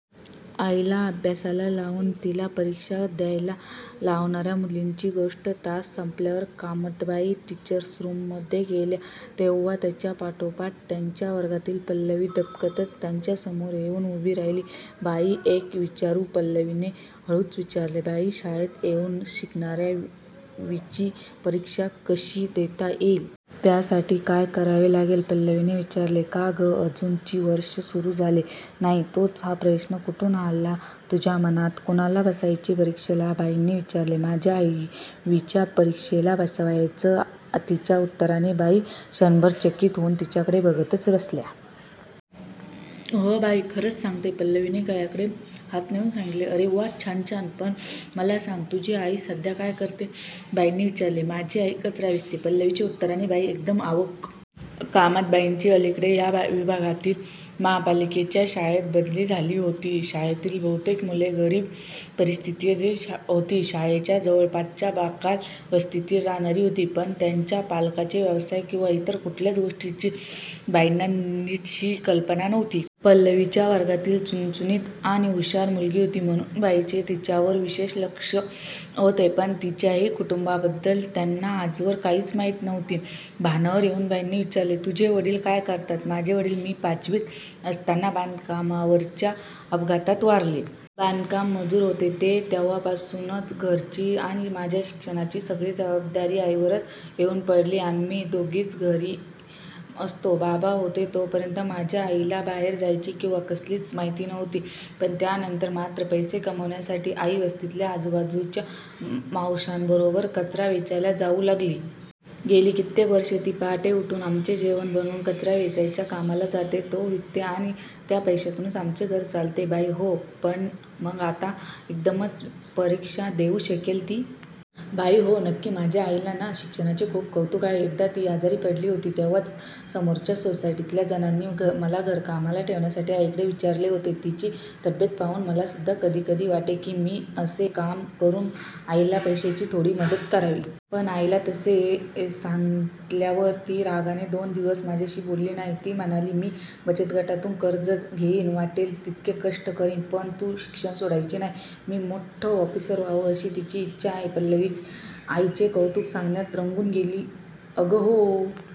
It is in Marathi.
आईला अभ्यासाला लावून तिला परीक्षा द्यायला लावणाऱ्या मुलीची गोष्ट- तास संपल्यावर कामतबाई टीचर्सरूममधे गेल्या तेव्हा त्यांच्या पाठोपाठ त्यांच्या वर्गातील पल्लवी दबकतच त्यांच्यासमोर येऊन उभी राहिली. "बाई एक विचारू? "..... पल्लवीने हळूच विचारले. "बाई शाळेत येऊ न शकणाऱ्याना वीची परीक्षा कशी देता येईल? त्यासाठी काय करावे लागेल? " पल्लवीने विचारले. "का ग... अजून ची वर्ष सुरू झाले नाही तोच हा प्रश्न कुठून आला तुझ्या मनात? कुणाला बसायचेय परीक्षेला? बाईनी विचारले. "माझ्या आईला वीच्या परीक्षेला बसायचंय"... तिच्या उत्तराने बाई क्षणभर चकित होऊन तिच्याकडे बघतच बसल्या. "हो बाई खरंच सांगते. " पल्लवीने गळ्याकडे हात नेऊन सांगितले. "अरे वा छान छान... पण मला सांग. तुझी आई सध्या काय करतेय? " बाईंनी विचारले. "माझी आई कचरा वेचते. " पल्लवीच्या उत्तराने बाई एकदम अवाक. कामत बाईंची अलीकडे या विभागातील महापालिकेच्या शाळेत बदली झाली होती. शाळेतील बहुतेक मुले गरीब परिस्थितीतील होती. शाळेच्या जवळपासच्या बकाल वस्तीत राहणारी होती. पण त्यांच्या पालकांचे व्यवसाय किंवा इतर कुठल्याच गोष्टींची बाईंना नीटशी कल्पना नव्हती. पल्लवी वीच्या वर्गातील चुणचुणीत आणि हुशार मुलगी होती, म्हणून बाईंचे तिच्यावर विशेष लक्ष होते, पण तिच्याही कुटुंबाबद्दल त्यांना आजवर काहीच माहिती नव्हती. भानावर येऊन बाईंनी विचारले- "तुझे वडील काय करतात? " "माझे वडील मी पाचवीत असताना बांधकामावरच्या अपघातात वारले. बांधकाम-मजूर होते ते. तेव्हापासून घरची आणि माझ्या शिक्षणाची सगळी जबाबदारी आईवरच येऊन पडली. आम्ही दोघीच घरी असतो. बाबा होते तोपर्यंत माझ्या आईला बाहेर जायची किंवा कसलीच माहिती नव्हती, पण त्यानंतर मात्र पैसे कमावण्यासाठी आई वस्तीतल्या आजूबाजूच्या मावशांबरोबर कचरा वेचायला जाऊ लागली. गेली कित्येक वर्षे ती पहाटे उठून आमचे जेवण बनवून कचरा वेचायच्या कामाला जाते. तो विकते आणि त्या पैशातूनच आमचे घर चालते बाई. " "हो... पण मग आता एकदमच वीची परीक्षा देऊ शकेल ती? " बाई "हो... नक्की. माझ्या आईला ना, शिक्षणाचे खूप कौतुक आहे. एकदा ती आजारी पडली होती तेव्हा समोरच्या सोसायटीतल्या जणांनी मला घरकामाला ठेवण्यासाठी आईकडे विचारले होते. तिची तब्येत पाहून मलासुद्धा कधीकधी वाटे की, मी असे काम करून आईला पैशाची थोडी मदत करावी. पण आईला तसे सांगितल्यावर ती रागाने दोन दिवस माझ्याशी बोलली नाही. ती म्हणाली, मी बचतगटातून कर्ज घेईन. वाटेल तितके कष्ट करीन, पण तू शिक्षण सोडायचे नाही. मी मोठ्ठं ऑफिसर व्हावं, अशी तिची इच्छा आहे. " पल्लवी आईचे कौतुक सांगण्यात रंगून गेली. "अगं हो,